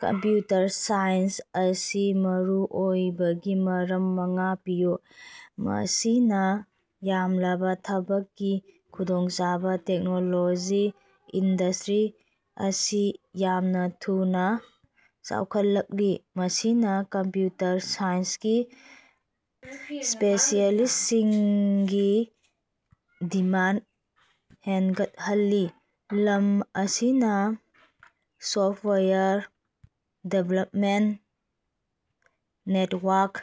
Computer science ꯑꯁꯤ ꯃꯔꯨꯑꯣꯏꯕꯒꯤ ꯃꯔꯝ ꯃꯉꯥ ꯄꯤꯌꯨ꯫ ꯃꯁꯤꯡ ꯌꯥꯝꯂꯕ ꯊꯕꯛꯀꯤ ꯈꯨꯗꯣꯡꯆꯥꯕ- ꯇꯦꯛꯅꯣꯂꯣꯖꯤ ꯏꯟꯗꯁ꯭ꯠꯔꯤ ꯑꯁꯤ ꯌꯥꯝꯅ ꯊꯨꯅꯥ ꯆꯥꯎꯈꯠꯂꯛꯂꯤ, ꯃꯁꯤꯅ ꯀꯝꯄꯌꯨꯇꯔ ꯁꯥꯏꯟꯁꯀꯤ ꯁ꯭ꯄꯦꯁꯤꯑꯦꯂꯤꯁ꯭ꯇꯁꯤꯡꯒꯤ ꯗꯤꯃꯥꯟꯗ ꯍꯦꯒꯠꯍꯜꯂꯤ꯫ ꯂꯝ ꯑꯁꯤꯅ software development, network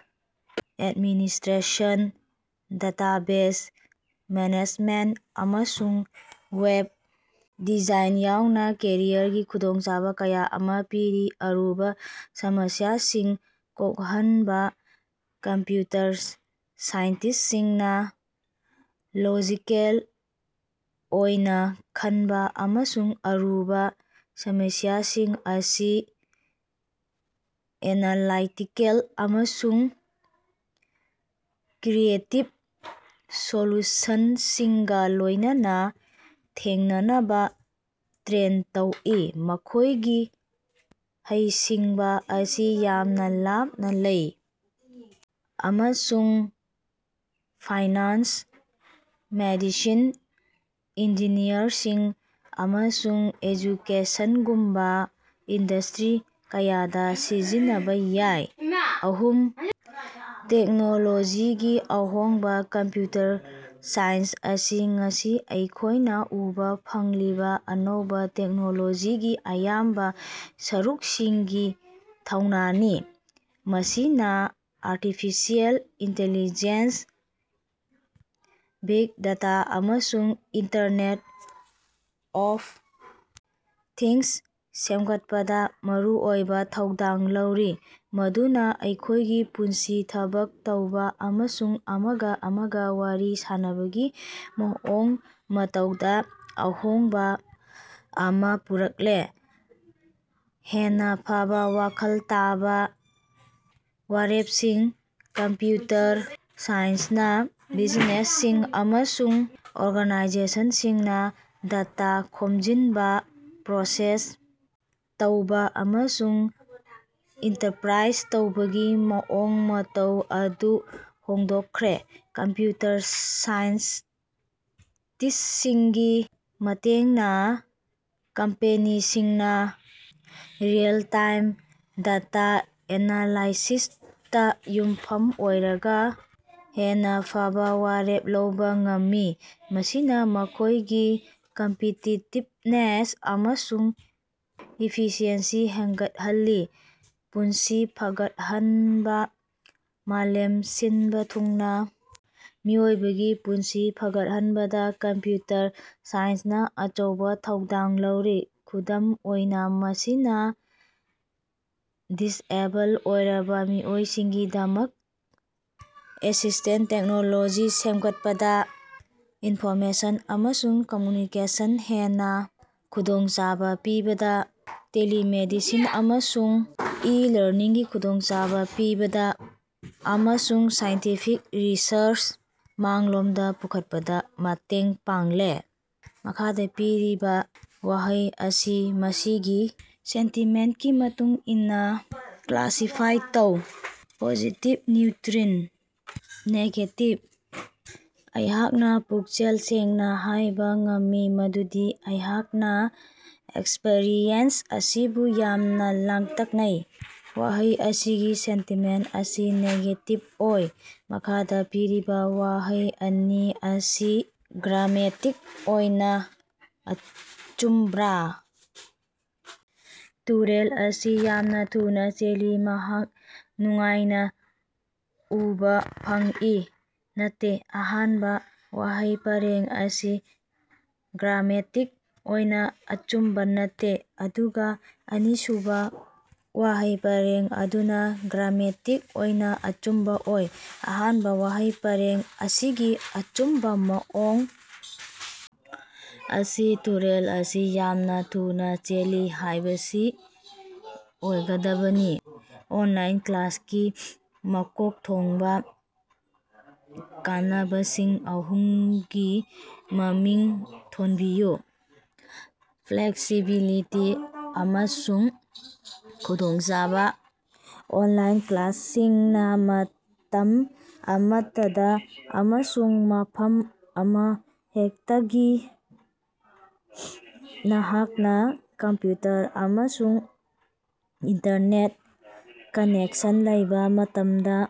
administration, database management, ꯑꯃꯁꯨꯡ ꯋꯦꯕ ꯗꯤꯖꯥꯏꯟ ꯌꯥꯎꯅꯥ ꯀꯦꯔꯤꯌꯔꯒꯤ ꯈꯨꯗꯣꯡꯆꯥꯕ ꯀꯌꯥ ꯑꯃ ꯄꯤꯔꯤ꯫ ꯑꯔꯨꯕꯥ ꯁꯃꯁꯤꯌꯥꯁꯤꯡ ꯀꯣꯛꯍꯟꯕꯥ- ꯀꯝꯄꯌꯨꯇꯔ ꯁꯥꯏꯟꯇꯤꯁ꯭ꯇꯁꯤꯡꯅ ꯂꯣꯖꯤꯀꯦꯜ ꯑꯣꯏꯅ ꯈꯟꯕꯥ ꯑꯃꯁꯨꯡ ꯑꯔꯨꯕꯥ ꯁꯃꯁꯤꯌꯥꯁꯤꯡ ꯑꯁꯤ ꯑꯦꯟꯂꯥꯏꯇꯤꯀꯦꯜ ꯑꯃꯁꯨꯡ ꯀ꯭ꯔꯤꯌꯦꯇꯤꯕ ꯁꯣꯂꯨꯁꯟꯁꯤꯡꯒꯥ ꯂꯣꯏꯅꯅꯥ ꯊꯦꯡꯅꯅꯕꯥ ꯇ꯭ꯔꯦꯟ ꯇꯧꯏ꯫ ꯃꯈꯣꯏꯒꯤ ꯍꯩꯁꯤꯡꯕꯥ ꯑꯁꯤ ꯌꯥꯝꯅ ꯂꯥꯞꯅ ꯂꯩ ꯑꯃꯁꯨꯡ ꯐꯥꯏꯅꯥꯟꯁ, ꯃꯦꯗꯤꯁꯤꯟ, ꯏꯟꯖꯤꯅꯤꯌꯔꯤꯡ, ꯑꯃꯁꯨꯡ ꯑꯦꯖꯨꯀꯦꯁꯟꯒꯨꯝꯕꯥ ꯏꯟꯗꯁ꯭ꯇꯔꯤ ꯀꯌꯥꯗ ꯁꯤꯖꯤꯟꯅꯕꯥ ꯌꯥꯏ꯫ ꯑꯍꯨꯝ) ꯇꯦꯛꯅꯣꯂꯣꯖꯤꯒꯤ ꯑꯍꯣꯡꯕꯥ- ꯀꯝꯄꯌꯨꯇꯔ ꯁꯥꯏꯟꯁ ꯑꯁꯤ ꯉꯁꯤ ꯑꯩꯈꯣꯏꯅꯥ ꯎꯕꯥ ꯐꯪꯂꯤꯕꯥ ꯑꯅꯧꯕꯥ ꯇꯦꯛꯅꯣꯂꯣꯖꯤꯒꯤ ꯑꯌꯥꯝꯕ ꯁꯔꯨꯛꯁꯤꯡꯒꯤ ꯊꯧꯅꯥꯅꯤ꯫ ꯃꯁꯤꯅ ꯑꯥꯔꯇꯤꯐꯤꯁꯤꯑꯦꯜ ꯏꯟꯇꯤꯂꯤꯖꯦꯟꯁ, ꯕꯤꯒ ꯗꯇꯥ ꯑꯃꯁꯨꯡ ꯏꯟꯇꯔꯅꯦꯠ ꯑꯣꯐ ꯊꯤꯡꯁ ꯁꯦꯝꯒꯠꯄꯗꯥ ꯃꯔꯨꯑꯣꯏꯕ ꯊꯧꯗꯥꯡ ꯂꯧꯔꯤ, ꯃꯗꯨꯅꯥ ꯑꯩꯈꯣꯏꯒꯤ ꯄꯨꯟꯁꯤ, ꯊꯕꯛ ꯇꯧꯕ ꯑꯃꯁꯨꯡ ꯑꯃꯒ ꯑꯃꯒ ꯋꯥꯔꯤ ꯁꯥꯅꯕꯒꯤ ꯃꯑꯣꯡ ꯃꯇꯧꯗ ꯑꯍꯣꯡꯕꯥ ꯑꯃ ꯄꯨꯔꯛꯂꯦ꯫ ꯍꯦꯟꯅꯥ ꯐꯕꯥ ꯋꯥꯈꯜ ꯇꯥꯕ ꯋꯥꯔꯦꯞꯁꯤꯡ- ꯀꯝꯄꯌꯨꯇꯔ ꯁꯥꯏꯟꯁꯅꯥ ꯕꯤꯖꯤꯅꯦꯁꯁꯤꯡ ꯑꯃꯁꯨꯡ ꯑꯣꯔꯒꯅꯥꯏꯖꯦꯁꯟꯁꯤꯡꯅ ꯗꯇꯥ ꯈꯣꯝꯖꯤꯟꯕꯥ, ꯄ꯭ꯔꯣꯁꯦꯁ ꯇꯧꯕ ꯑꯃꯁꯨꯡ ꯏꯟꯇꯔꯄꯔꯥꯏꯖ ꯇꯧꯕꯒꯤ ꯃꯑꯣꯡ ꯃꯇꯧ ꯑꯗꯨ ꯍꯣꯡꯗꯣꯛꯈ꯭ꯔꯦ꯫ ꯀꯝꯄꯌꯨꯇꯔ ꯁꯥꯏꯟꯇꯤꯁ꯭ꯇꯁꯤꯡꯒꯤ ꯃꯇꯦꯡꯅꯥ ꯀꯝꯄꯦꯅꯤꯁꯤꯡꯅꯥ ꯔꯤꯑꯦꯜ-ꯇꯥꯏꯝ ꯗꯇꯥ ꯑꯦꯅꯥꯂꯥꯏꯁꯤꯁꯇꯥ ꯌꯨꯝꯐꯝ ꯑꯣꯏꯔꯒꯥ ꯍꯦꯟꯅꯥ ꯐꯕꯥ ꯋꯥꯔꯦꯞ ꯂꯧꯕ ꯉꯝꯃꯤ, ꯃꯁꯤꯅ ꯃꯈꯣꯏꯒꯤ ꯀꯝꯄꯤꯇꯤꯇꯤꯕꯅꯦꯁ ꯑꯃꯁꯨꯡ ꯏꯐꯤꯁꯤꯑꯦꯟꯁꯤ ꯍꯦꯒꯠꯍꯜꯂꯤ꯫ ꯄꯨꯟꯁꯤ ꯐꯒꯠꯍꯟꯕꯥ- ꯃꯥꯂꯦꯝ ꯁꯤꯟꯕꯥ ꯊꯨꯡꯅꯥ ꯃꯤꯑꯣꯏꯕꯒꯤ ꯄꯨꯟꯁꯤ ꯐꯒꯠꯍꯟꯕꯗꯥ ꯀꯝꯄꯌꯨꯇꯔ ꯁꯥꯏꯟꯁꯅꯥ ꯑꯆꯧꯕꯥ ꯊꯧꯗꯥꯡ ꯂꯧꯔꯤ꯫ ꯈꯨꯗꯝ ꯑꯣꯏꯅ, ꯃꯁꯤꯅ ꯗꯤꯁꯑꯦꯕꯜ ꯑꯣꯏꯔꯕ ꯃꯤꯑꯣꯏꯁꯤꯡꯒꯤꯗꯃꯛ ꯑꯦꯁꯤꯁ꯭ꯇꯦꯟꯇ ꯇꯦꯛꯅꯣꯂꯣꯖꯤ ꯁꯦꯝꯒꯠꯄꯗꯥ, ꯏꯟꯐꯣꯔꯃꯦꯁꯟ ꯑꯃꯁꯨꯡ ꯀꯝꯃꯌꯨꯅꯤꯀꯦꯁꯟ ꯍꯦꯟꯅ ꯈꯨꯗꯣꯡꯆꯥꯕ ꯄꯤꯕꯗ, ꯇꯦꯂꯤꯃꯦꯗꯤꯁꯤꯟ ꯑꯃꯁꯨꯡ ꯏ-ꯂꯔꯅꯤꯡꯒꯤ ꯈꯨꯗꯣꯡꯆꯥꯕ ꯄꯤꯕꯗꯥ, ꯑꯃꯁꯨꯡ ꯁꯥꯏꯟꯇꯤꯐꯤꯛ ꯔꯤꯁꯔꯆ ꯃꯥꯡꯂꯣꯝꯗꯥ ꯄꯨꯈꯠꯄꯗꯥ ꯃꯇꯦꯡ ꯄꯥꯡꯂꯦ꯫ ꯃꯈꯥꯗ ꯄꯤꯔꯤꯕꯥ ꯋꯥꯍꯩ ꯑꯁꯤ ꯃꯁꯤꯒꯤ ꯁꯦꯟꯇꯤꯃꯦꯟꯇꯀꯤ ꯃꯇꯨꯡ ꯏꯟꯅꯥ ꯀ꯭ꯂꯥꯁꯤꯐꯥꯏ ꯇꯧ (ꯄꯣꯖꯤꯇꯤꯕ, ꯅ꯭ꯌꯨꯠꯔꯤꯜ, ꯅꯦꯒꯦꯇꯤꯕ)꯫ ꯑꯩꯍꯥꯛꯅꯥ ꯄꯨꯛꯆꯦꯜ ꯁꯦꯡꯅꯥ ꯍꯥꯏꯕꯥ ꯉꯝꯃꯤ ꯃꯗꯨꯗꯤ ꯑꯩꯍꯥꯛꯅꯥ ꯑꯦꯛꯁꯄꯔꯤꯌꯦꯟꯁ ꯑꯁꯤꯕꯨ ꯌꯥꯝꯅ ꯂꯥꯡꯇꯛꯅꯩ꯫ ꯋꯥꯍꯩ ꯑꯁꯤꯒꯤ ꯁꯦꯟꯇꯤꯃꯦꯟꯇ ꯑꯁꯤ ꯅꯦꯒꯦꯇꯤꯕ ꯑꯣꯏ꯫ ꯃꯈꯥꯗ ꯄꯤꯔꯤꯕꯥ ꯋꯥꯍꯩ ꯑꯅꯤ ꯑꯁꯤ ꯒ꯭ꯔꯥꯃꯦꯇꯤꯛ ꯑꯣꯏꯅ ꯑꯆꯨꯝꯕꯔꯥ? ꯇꯨꯔꯦꯜ ꯑꯁꯤ ꯌꯥꯝꯅ ꯊꯨꯅꯥ ꯆꯦꯜꯂꯤ꯫ ꯃꯍꯥꯛ ꯅꯨꯡꯉꯥꯏꯅ ꯎꯕꯥ ꯐꯪꯏ꯫ ꯅꯠꯇꯦ, ꯑꯍꯥꯟꯕ ꯋꯥꯍꯩ ꯄꯔꯦꯡ ꯑꯁꯤ ꯒ꯭ꯔꯥꯃꯦꯇꯤꯛ ꯑꯣꯏꯅ ꯑꯆꯨꯝꯕꯥ ꯅꯠꯇꯦ, ꯑꯗꯨꯒ ꯑꯅꯤꯁꯨꯕꯥ ꯋꯥꯍꯩ ꯄꯔꯦꯡ ꯑꯗꯨꯅ ꯒ꯭ꯔꯥꯃꯦꯇꯤꯛ ꯑꯣꯏꯅ ꯑꯆꯨꯝꯕꯥ ꯑꯣꯏ꯫ ꯑꯍꯥꯟꯕ ꯋꯥꯍꯩ ꯄꯔꯦꯡ ꯑꯁꯤꯒꯤ ꯑꯆꯨꯝꯕ ꯃꯑꯣꯡ ꯑꯁꯤ ꯇꯨꯔꯦꯜ ꯑꯁꯤ ꯌꯥꯝꯅꯥ ꯊꯨꯅꯥ ꯆꯦꯜꯂꯤ" ꯍꯥꯏꯕꯁꯤ ꯑꯣꯏꯒꯗꯕꯅꯤ꯫ ꯑꯣꯟꯂꯥꯏꯟ ꯀ꯭ꯂꯥꯁꯀꯤ ꯃꯀꯣꯛ ꯊꯣꯡꯕꯥ ꯀꯥꯟꯅꯕꯁꯤꯡ ꯑꯍꯨꯝꯒꯤ ꯃꯃꯤꯡ ꯊꯣꯟꯕꯤꯌꯨ꯫ ꯐ꯭ꯂꯦꯛꯁꯤꯕꯤꯂꯤꯇꯤ ꯑꯃꯁꯨꯡ ꯈꯨꯗꯣꯡꯆꯥꯕ: ꯑꯣꯟꯂꯥꯏꯟ ꯀ꯭ꯂꯥꯁꯁꯤꯡꯅꯥ ꯃꯇꯝ ꯑꯃꯠꯇꯗꯥ ꯑꯃꯁꯨꯡ ꯃꯐꯝ ꯑꯃꯍꯦꯛꯇꯗꯒꯤ, ꯅꯍꯥꯛꯅꯥ ꯀꯝꯄꯌꯨꯇꯔ ꯑꯃꯁꯨꯡ ꯏꯟꯇꯔꯅꯦꯠ ꯀꯅꯦꯛꯁꯟ ꯂꯩꯕ ꯃꯇꯝꯗꯥ,